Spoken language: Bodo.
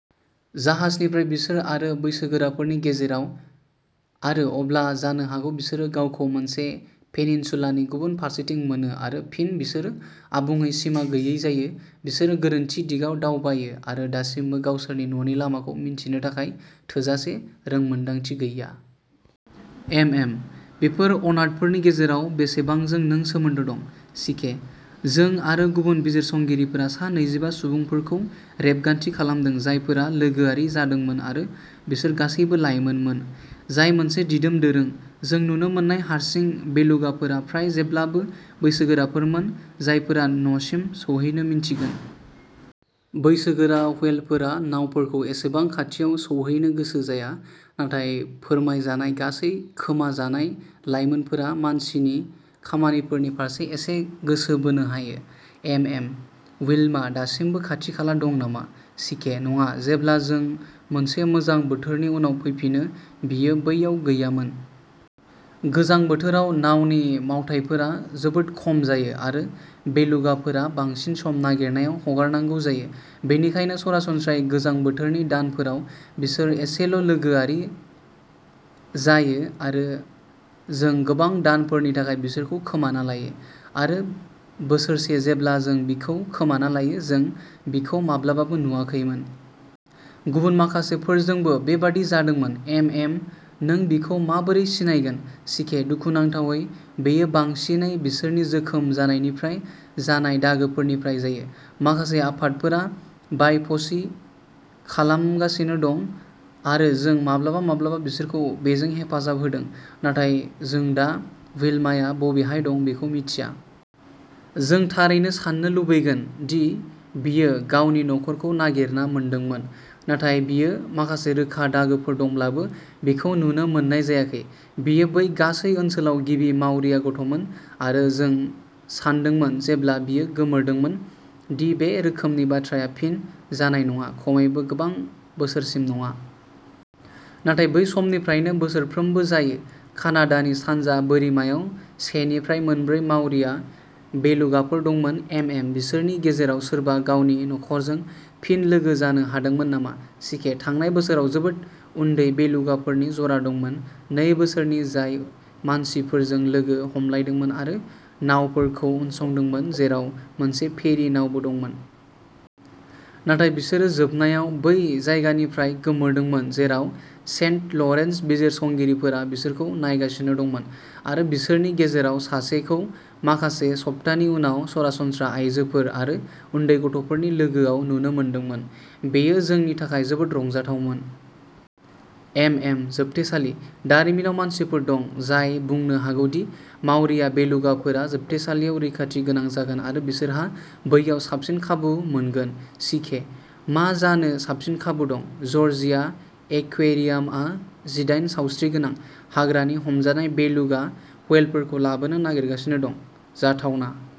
जाहाजनिफ्राय बिसोर आरो बैसोगोराफोरनि गेजेराव। आरो अब्ला जानो हागौ बिसोरो गावखौ मोनसे पेनिनसुलानि गुबुन फारसेथिं मोनो आरो फिन बिसोरो आबुङै सिमा गैयै जायो। बिसोरो गोरोन्थि दिगाव दावबायो आरो दासिमबो गावसोरनि न'नि लामाखौ मिन्थिनो थाखाय थोजासे रोंमोन्दांथि गैया। एमएमः बेफोर अनाथफोरनि गेजेराव बेसेबांजों नों सोमोन्दो दं? सिकेः जों आरो गुबुन बिजिरसंगिरिफोरा सा नैजिबा सुबुंफोरखौ रेबगान्थि खालामदों जायफोरा लोगोआरि जादोंमोन आरो बिसोर गासैबो लाइमोनमोन, जाय मोनसे दिदोम दोरों। जों नुनो मोन्नाय हारसिं बेलुगाफोरा फ्राय जेब्लाबो बैसोगोराफोरमोन, जायफोरा न'सिम सौहैनो मिन्थिगोन। बैसोगोरा व्हेलफोरा नावफोरखौ एसेबां खाथियाव सौहैनो गोसो जाया, नाथाय फोरमायजानाय गासै खोमाजानाय लायमोनफोरा मानसिनि खामानिफोरनि फारसे एसे गोसो बोनो हायो। एमएमः विल्मा दासिमबो खाथि-खाला दं नामा? सिकेः नङा। जेब्ला जों मोनसे गोजां बोथोरनि उनाव फैफिनो, बियो बैयाव गैयामोन। गोजां बोथोराव, नावनि मावथायफोरा जोबोद खम जायो, आरो बेलुगाफोरा बांसिन सम नागिरनायाव हगारनांगौ जायो। बेनिखायनो, सरासनस्रायै गोजां बोथोरनि दानफोराव बिसोर एसेल'लोगोआरि जायो आरो जों गोबां दानफोरनि थाखाय बिसोरखौ खोमाना लायो। आरो बोसोरसे जेब्ला जों बिखौ खोमाना लायो, जों बिखौ माब्लाबाबो नुवाखैमोन। गुबुन माखासेफोरजोंबो बेबादि जादोंमोन। एमएमः नों बिखौ माबोरै सिनायगोन? सिकेः दुखुनांथावै, बेयो बांसिनै बिसोरनि जोखोम जानायनिफ्राय जानाय दागोफोरनिफ्राय जायो। माखासे आफादफोरा बायपसि खालामगासिनो दं, आरो जों माब्लाबा माब्लाबा बिसोरखौ बेजों हेफाजाब होदों। नाथाय जों दा विल्माया बबेहाय दं बेखौ मिथिया। जों थारैनो साननो लुबैगोन दि बियो गावनि नखरखौ नागिरना मोनदोंमोन, नाथाय बियो माखासे रोखा दागोफोर दंब्लाबो, बिखौ नुनो मोननाय जायाखै। बियो बै गासै ओनसोलाव गिबि मावरिया गथ'मोन, आरो जों सानदोंमोन, जेब्ला बियो गोमोरदोंमोन, दि बे रोखोमनि बाथ्राया फिन जानाय नङा-खमैबो गोबां बोसोरसिम नङा। नाथाय बै समनिफ्रायनो बोसोरफ्रोमबो जायो। कानाडानि सानजा बोरिमायाव सेनिफ्राय मोनब्रै मावरिया बेलुगाफोर दंमोन। एमएमः बिसोरनि गेजेराव सोरबा गावनि नख'रजों फिन लोगो जानो हादोंमोन नामा? सिकेः थांनाय बोसोराव जोबोद उन्दै बेलुगाफोरनि जरा दंमोन, नै बोसोरनि, जाय मानसिफोरजों लोगो हमलायदोंमोन आरो नावफोरखौ उनसंदोंमोन, जेराव मोनसे फेरि नावबो दंमोन। नाथाय बिसोरो जोबनायाव बै जायगानिफ्राय गोमोरदोंमोन जेराव सेन्ट लरेन्स बिजिरसंगिरिफोरा बिसोरखौ नायगासिनो दंमोन, आरो बिसोरनि गेजेराव सासेखौ माखासे सप्तानि उनाव सरासनस्रा आइजोफोर आरो उन्दै गथ'फोरनि लोगोयाव नुनो मोनदोंमोन। बेयो जोंनि थाखाय जोबोद रंजाथावमोन। एमएमः जोबथेसालि दारिमिनाव मानसिफोर दं जाय बुंनो हागौ दि मावरिया बेलुगाफोरा जोबथेसालियाव रैखाथि गोनां जागोन आरो बिसोरहा बैयाव साबसिन खाबु मोनगोन। सिकेः मा जानो साबसिन खाबु दं? जर्जिया एक्वेरियामआ जिडाइन सावस्रिगोनां, हाग्रानि-हमजानाय बेलुगा व्हेलफोरखौ लाबोनो नागिरगासिनो दं। जाथावना।